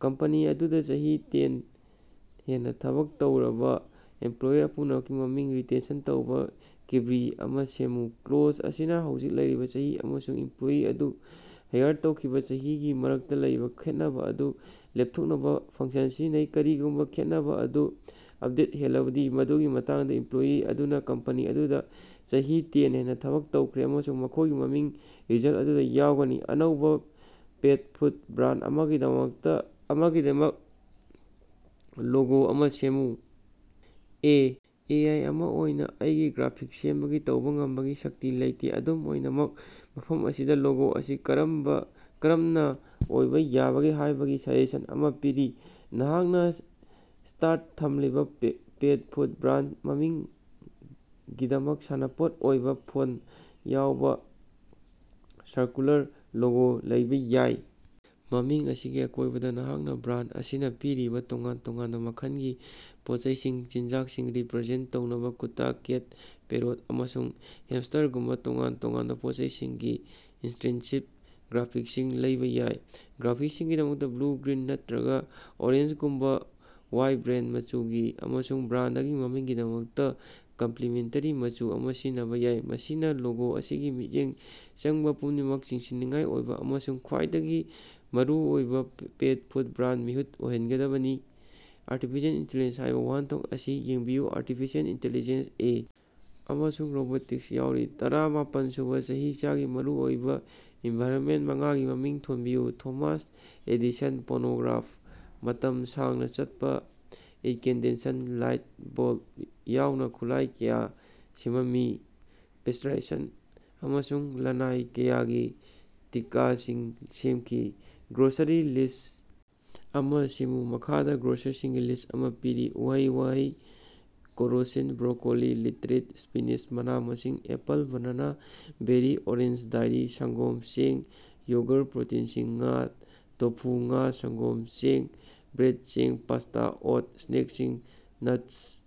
Company ꯑꯗꯨꯗꯥ ꯆꯍꯤ ten ꯍꯦꯟꯅꯥ ꯊꯕꯛ ꯇꯧꯔꯕꯥ ꯑꯦꯝꯄꯂꯣꯌꯔ ꯄꯨꯝꯅꯃꯛꯀꯤ ꯃꯃꯤꯡ ꯔꯤꯇꯔꯟ ꯇꯧꯕꯥ ꯀ꯭ꯕꯦꯔꯤ ꯑꯃ ꯁꯦꯝꯃꯨ꯫ ꯀ꯭ꯂꯣꯖ ꯑꯁꯤꯅꯥ ꯍꯧꯖꯤꯛ ꯂꯩꯔꯤꯕ ꯆꯍꯤ ꯑꯃꯁꯨꯡ ꯏꯝꯄꯂꯣꯌꯤ ꯑꯗꯨ ꯍꯥꯏꯔ ꯇꯧꯈꯤꯕꯥ ꯆꯍꯤ ꯒꯤ ꯃꯔꯛꯇꯥ ꯂꯩꯕꯥ ꯈꯦꯠꯅꯕꯥ ꯑꯗꯨ ꯂꯦꯄꯊꯣꯛꯅꯕꯥ ꯐꯪꯛꯁꯟ ꯁꯤꯖꯤꯟꯅꯩ꯫ ꯀꯔꯤꯒꯨꯝꯕꯥ ꯈꯦꯠꯅꯕꯥ ꯑꯗꯨ ꯇꯦꯟꯗꯒꯤ ꯍꯦꯜꯂꯕꯗꯤ, ꯃꯗꯨꯒꯤ ꯃꯇꯨꯡꯗꯥ ꯏꯝꯄꯂꯣꯌꯤ ꯑꯗꯨꯅꯥ ꯀꯝꯄꯅꯤ ꯑꯗꯨꯗꯥ ꯆꯍꯤ ꯇꯦꯟ ꯍꯦꯟꯅꯥ ꯊꯕꯛ ꯇꯧꯈ꯭ꯔꯦ ꯑꯃꯁꯨꯡ ꯃꯈꯣꯏꯒꯤ ꯃꯃꯤꯡ ꯔꯤꯖꯜꯇ ꯑꯗꯨꯗꯥ ꯌꯥꯎꯒꯅꯤ꯫ ꯑꯅꯧꯕꯥ ꯄꯦꯠ ꯐꯨꯗ ꯕ꯭ꯔꯥꯟꯗ ꯑꯃꯒꯤꯗꯃꯛꯇ ꯑꯃꯒꯤꯗꯃꯛ ꯂꯣꯒꯣ ꯑꯃꯥ ꯁꯦꯝꯃꯨ꯫ ꯑꯦ ꯑꯦ ꯑꯥꯏ ꯑꯃꯥ ꯑꯣꯏꯅꯥ ꯑꯩꯒꯤ ꯒ꯭ꯔꯥꯐꯤꯛꯁ ꯁꯦꯝꯕꯒꯤ ꯇꯧꯕꯥ ꯉꯝꯕꯒꯤ ꯁꯛꯇꯤ ꯂꯩꯇꯦ, ꯑꯗꯨꯝ ꯑꯣꯏꯅꯃꯛ, ꯃꯐꯝ ꯑꯁꯤꯗꯥ ꯂꯣꯒꯣ ꯑꯁꯤ ꯀꯔꯝꯕꯥ ꯀꯔꯝꯅꯥ ꯑꯣꯏꯕꯥ ꯌꯥꯕꯒꯦ ꯍꯥꯏꯕꯒꯤ ꯁꯖꯦꯁꯟ ꯑꯃꯥ ꯄꯤꯔꯤ: ꯅꯍꯥꯛꯅꯥ ꯁ꯭ꯇꯔꯗ ꯊꯝꯂꯤꯕꯥ ꯄꯦꯠ ꯐꯨꯗ ꯕ꯭ꯔꯥꯟꯗ ꯃꯃꯤꯡꯒꯤꯗꯃꯛ ꯁꯥꯟꯅꯄꯣꯠ ꯑꯣꯏꯕꯥ ꯐꯣꯟꯇ ꯌꯥꯎꯕ ꯁꯔꯀꯨꯂꯥꯔ ꯂꯣꯒꯣ ꯑꯃꯥ ꯂꯩꯕꯥ ꯌꯥꯏ꯫. ꯃꯃꯤꯡ ꯑꯁꯤꯒꯤ ꯑꯀꯣꯏꯕꯗꯥ, ꯅꯍꯥꯛꯅꯥ ꯕ꯭ꯔꯥꯟꯗ ꯑꯁꯤꯅꯥ ꯄꯤꯔꯤꯕꯥ ꯇꯣꯉꯥꯟ ꯇꯣꯉꯥꯟꯕ ꯃꯈꯜꯒꯤ ꯄꯣꯠꯆꯩꯁꯤꯡꯒꯤ ꯆꯤꯟꯖꯥꯛꯁꯤꯡ ꯔꯤꯄꯔꯖꯦꯟꯇ ꯇꯧꯅꯕ ꯀꯨꯠꯇꯥ, ꯀꯦꯠ, ꯄꯦꯔꯣꯠ, ꯑꯃꯁꯨꯡ ꯍ꯭ꯌꯥꯝꯁ꯭ꯇꯔꯒꯨꯝꯕ ꯇꯣꯉꯥꯟ ꯇꯣꯉꯥꯟꯕ ꯄꯣꯠꯆꯩꯁꯤꯡꯒꯤ ꯏꯜꯁ꯭ꯇꯔꯤꯡꯁꯤꯠ ꯒ꯭ꯔꯥꯐꯤꯛꯁꯁꯤꯡ ꯂꯩꯕꯥ ꯌꯥꯏ꯫ ꯒ꯭ꯔꯥꯐꯤꯛꯁꯀꯤꯗꯃꯛꯇꯥ ꯕ꯭ꯂꯨ, ꯒ꯭ꯔꯤꯟ ꯅꯠꯇꯔꯒꯥ ꯑꯣꯔꯦꯟꯖꯒꯨꯝꯕꯥ ꯋꯥꯏꯕ꯭ꯔꯦꯟꯇ ꯃꯆꯨꯁꯤꯡ ꯑꯃꯁꯨꯡ ꯕ꯭ꯔꯥꯟꯗꯒꯤ ꯃꯃꯤꯡꯒꯤꯗꯃꯛꯇꯥ ꯀꯝꯄꯂꯤꯃꯦꯟꯇꯦꯔꯤ ꯃꯆꯨ ꯑꯃꯥ ꯁꯤꯖꯤꯟꯅꯕꯥ ꯌꯥꯏ꯫ ꯃꯁꯤꯅꯥ ꯂꯣꯒꯣ ꯑꯁꯤ ꯃꯤꯠꯌꯦꯡ ꯆꯪꯕꯥ, ꯄꯨꯛꯅꯤꯡ ꯆꯤꯡꯁꯤꯟꯅꯤꯡꯉꯥꯏ ꯑꯣꯏꯕꯥ ꯑꯃꯁꯨꯡ ꯈ꯭ꯋꯥꯏꯗꯒꯤ ꯃꯔꯨꯑꯣꯏꯕ ꯄꯦꯠ ꯐꯨꯗ ꯕ꯭ꯔꯥꯟꯗꯒꯤ ꯃꯤꯍꯨꯠ ꯑꯣꯏꯍꯅꯒꯅꯤ꯫ "ꯑꯥꯔꯇꯤꯐꯤꯁꯤꯑꯦꯜ ꯏꯟꯇꯦꯂꯤꯖꯦꯟꯁ" ꯍꯥꯏꯕꯥ ꯋꯥꯍꯟꯊꯣꯛ ꯑꯁꯤ ꯌꯦꯡꯕꯤꯌꯨ꯫ ꯑꯥꯔꯇꯤꯐꯤꯁꯤꯑꯦꯜ ꯏꯟꯇꯦꯂꯤꯖꯦꯟꯁ ꯑꯦ ꯑꯃꯁꯨꯡ ꯔꯣꯕꯣꯇꯤꯛꯁ ꯌꯥꯎꯔꯤ꯫ ꯇꯔꯥ ꯃꯥꯄꯜꯁꯨꯕꯥ ꯆꯍꯤꯆꯥꯒꯤ ꯃꯔꯨꯑꯣꯏꯕꯥ ꯏꯟꯚꯦꯟꯇꯔ ꯃꯉꯥꯒꯤ ꯃꯃꯤꯡ ꯊꯣꯟꯕꯤꯌꯨ꯫ ꯊꯣꯃꯥꯁ ꯑꯦꯗꯤꯁꯟ ꯄꯣꯅꯣꯒ꯭ꯔꯥꯐ ꯃꯇꯝ ꯁꯥꯡꯅꯥ ꯆꯠꯄꯥ ꯏꯟꯀꯦꯟꯗꯦꯁꯟ ꯂꯥꯏꯠ ꯕꯜꯕ ꯌꯥꯎꯅ ꯈꯨꯠꯂꯥꯏ ꯀꯌꯥ ꯁꯦꯃꯝꯃꯤ꯫ ꯄꯦꯁ꯭ꯇꯨꯔꯥꯏꯖꯦꯁꯟ ꯑꯃꯁꯨꯡ ꯂꯥꯏꯅꯥ ꯀꯌꯥꯒꯤ ꯇꯤꯀꯥꯁꯤꯡ ꯁꯦꯃꯈꯤ꯫ ꯒ꯭ꯔꯣꯁꯔꯤ ꯂꯤꯁꯠ ꯑꯃꯥ ꯁꯦꯝꯃꯨ꯫ ꯃꯈꯥꯗꯥ ꯒ꯭ꯔꯣꯁꯔꯤ ꯂꯤꯁꯠ ꯑꯃꯥ ꯄꯤꯔꯤ: ꯎꯍꯩ-ꯋꯥꯍꯩ: ꯀꯦꯔꯣꯁꯤꯟ, ꯕ꯭ꯔꯣꯀꯣꯂꯤ, ꯂꯦꯇꯔꯤꯟ, ꯁ꯭ꯄꯤꯅꯥꯆ ꯃꯅꯥ-ꯃꯁꯤꯡ: apple, banana, berry, orange dairy: ꯁꯪꯒꯣꯝ, ꯆꯦꯡ, ꯌꯣꯒꯔ ꯄ꯭ꯔꯣꯇꯤꯅꯁꯤꯡ: ꯉꯥ, ꯇꯣꯐꯨ, ꯉꯥ, ꯁꯪꯒꯣꯝ ꯆꯦꯡ: ꯕ꯭ꯔꯦꯗ, ꯆꯦꯡ, ꯄꯥꯁ꯭ꯇꯥ, ꯑꯣꯠ ꯁ꯭ꯅꯦꯛꯁꯤꯡ: nuts,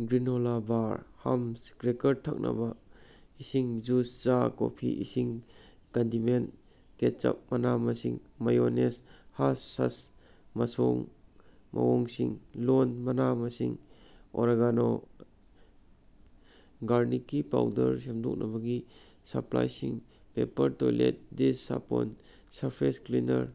granola bar, hummus, cracker ꯊꯛꯅꯕꯥ ꯏꯁꯤꯡ ꯖꯨꯁ, ꯆꯥ, ꯀꯣꯐꯤ, ꯏꯁꯤꯡ ꯀꯟꯗꯤꯃꯦꯟꯇ ꯀꯦꯆꯞ, ꯃꯅꯥ-ꯃꯁꯤꯡ, ꯃꯦꯌꯣꯅꯦꯖ, ꯍꯥꯁ ꯁꯁ ꯃꯁꯣꯡ ꯃꯑꯣꯡꯁꯤꯡ: ꯂꯣꯟ, ꯃꯅꯥ-ꯃꯁꯤꯡ, ꯑꯣꯔꯦꯒꯥꯅꯣ, ꯒꯥꯔꯤꯛꯀꯤ ꯄꯥꯎꯗꯔ ꯁꯦꯡꯗꯣꯛꯅꯕꯒꯤ ꯁꯄꯂꯥꯏꯁꯤꯡ: ꯄꯦꯄꯔ ꯇꯣꯏꯂꯦꯠ, ꯗꯤꯁ ꯁꯥꯄꯣꯟ, ꯁꯔꯐꯦꯁ ꯀ꯭ꯂꯤꯅꯔ꯫